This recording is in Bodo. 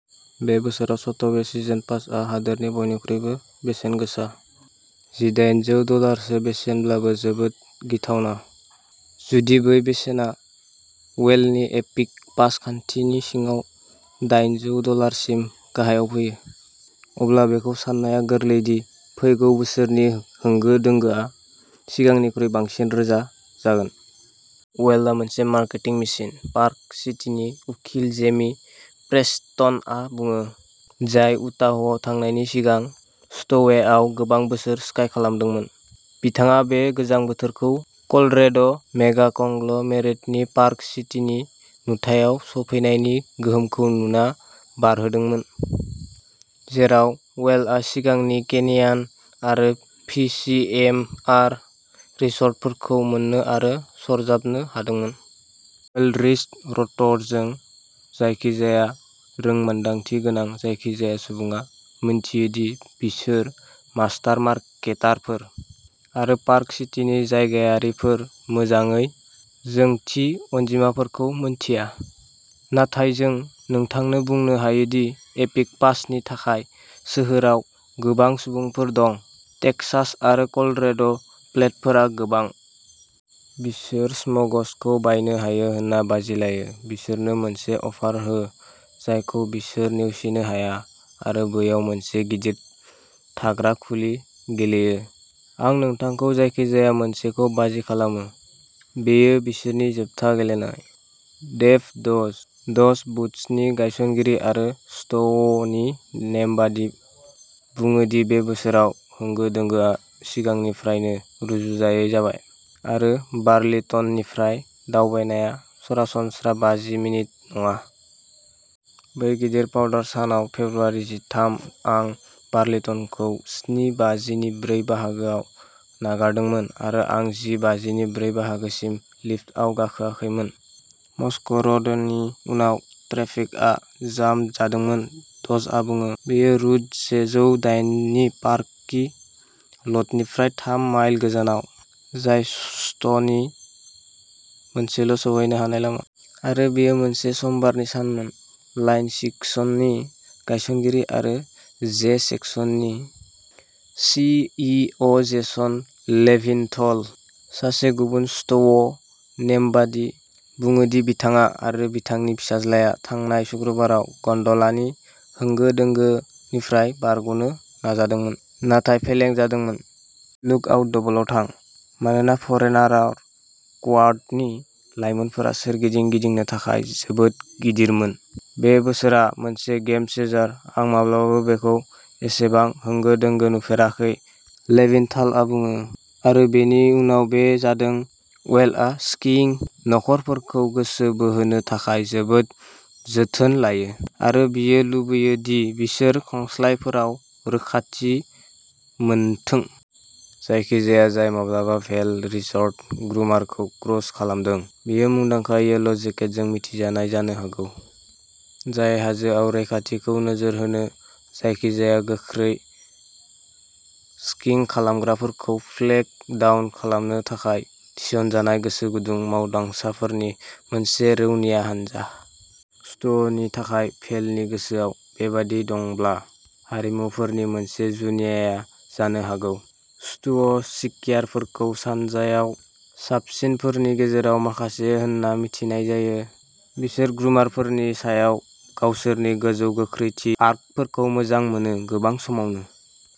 बे बोसोराव स्ट'वे सिजन पासआ हादोरनि बयनिख्रुइबो बेसेनगोसा, जिदायेनजौ डलारसो बेसेननिब्लाबो जोबोद गिथावना। जुदि बै बेसेना वेलनि एपिक पास खान्थिनि सिङाव दायेनजौ डलारसिम गाहायाव फैयो, अब्ला बेखौ साननाया गोरलै दि फैगौ बोसोरनि होंगो दोंगोआ सिगांनिख्रुइ बांसिन रोजा जागोन। वेलआ मोनसे मार्केटिं मेसिन पार्क सिटीनि उखिल जेमी प्रेस्टनआ बुङो, जाय उटाहआव थांनायनि सिगां स्ट'वेआव गोबां बोसोर स्काइ खालामदोंमोन। बिथाङा बे गोजां बोथोरखौ कलरेड' मेगा-कंग्ल'मेरेटनि पार्क सिटीनि नुथायाव सफैनायनि गोहोमखौ नुना बारहोदोंमोन, जेराव वेलआ सिगांनि केनियन आरो फि सि एम आर रिसर्टफोरखौ मोननो आरो सरजाबनो हादोंमोन। वेल रिसर्टजों जायखिजाया रोंमोनदांथि गोनां जायखिजाया सुबुङा मिन्थियो दि बिसोर मास्टार मार्केटारफोर, आरो पार्क सिटीनि जायगायारिफोर मोजाङै, जों थि अनजिमाफोरखौ मिन्थिया, नाथाय जों नोंथांनो बुंनो हायो दि एपिक पासनि थाखाय सोहोराव गोबां सुबुंफोर दं, टेक्सास आरो कलरेड'प्लेटफोरा गोबां। बिसोर स्मग्सखौ बायनो हायो होनना बाजि लायो बिसोरनो मोनसे अफार हो जायखौ बिसोर नेवसिनो हाया आरो बैयाव मोनसे गिदिर थाग्रा खुलि गेलेयो। आं नोंथांखौ जायखिजाया मोनसेखौ बाजि खालामो, बेयो बिसोरनि जोबथा गेलेनाय। डेभ डज, डज बुटसनि गायसनगिरि आरो स्ट'वनि नेमबादि, बुङो दि बे बोसोराव होंगो दोंगोआ सिगांनिफ्रायनो रुजुजायै जाबाय, आरो बार्लिंटननिफ्राय दावबायनाया सरासनस्रा बाजि मिनिट नङा। बै गिदिर पाउडार सानाव फेब्रुआरि जिथाम आं बार्लिंटनखौ स्नि बाजिनि ब्रै बाहागोयाव नागारदोंमोन आरो आं जि बाजिनि ब्रै बाहागोसिम लिफ्टआव गाखोआखैमोन। मस्क'र'डनि उनाव ट्रेफिकआ जाम जादोंमोन डजआ बुङो। बेयो रुट सेजौ दायेन नि पार्किं ल'टनिफ्राय थाम माइल गोजानाव, जाय स्ट'वनि मोनसेल' सौहैनो हानाय लामा। आरो बेयो मोनसे समबारनि सानमोन। लाइन स्किसनि गायसनगिरि आरो जे स्किसनि C E O Jason Levinthal, सासे गुबुन स्ट'व नेमबादि, बुङो दि बिथाङा आरो बिथांनि फिसाज्लाया थांनाय सुक्रुबाराव गन्ड'लानि होंगो दोंगोनिफ्राय बारग'नो नाजादोंमोन, नाथाय फेलें जादोंमोन। लुकआउट डबलआव थां, मानोना फरेरानार क्वाडनि लाइनफोरा सोरगिदिं गिदिंनो थाखाय जोबोद गिदिरमोन। बे बोसोरआ मोनसे गेम चेन्जार आं माब्लाबाबो बेखौ एसेबां होंगो दोंगो नुफेराखै लेभिनथालआ बुङो। आरो बेनि उनाव बे जादों वेलआ स्कीइं नखरफोरखौ गोसो बोहोनो थाखाय जोबोद जोथोन लायो, आरो बियो लुबैयो दि बिसोर खंस्लायफोराव रैखाथि मोनथों। जायखिजाया जाय माब्लाबा भेल रिसर्ट ग्रुमारखौ क्रुज खालामदों, बियो मुंदांखा येल' जेकेटजों मिथिजानाय जानो हागौ, जाय हाजोआव रैखाथिखौ नोजोर होनो आरो रैखाथिनि सायाव लोगोआरि बिबुंथिनि थाखाय जायखिजाया गोख्रै स्कीइं खालामग्राफोरखौ फ्लेग डाउन खालामनो थाखाय थिसनजानाय गोसोगुदुं मावदांसाफोरनि मोनसे रौनिया हानजा। स्ट'वनि थाखाय भेलनि गोसोआव बेबादि दंब्ला, हारिमुफोरनि मोनसे जुजिनाया जानो हागौ। स्ट'व स्कियारफोरखौ सानजायाव साबसिनफोरनि गेजेराव माखासे होनना मिथिनाय जायो। बिसोर ग्रुमारफोरनि सायाव गावसोरनि गोजौ गोख्रैथि आर्कफोरखौ मोजां मोनो गोबां समावनो।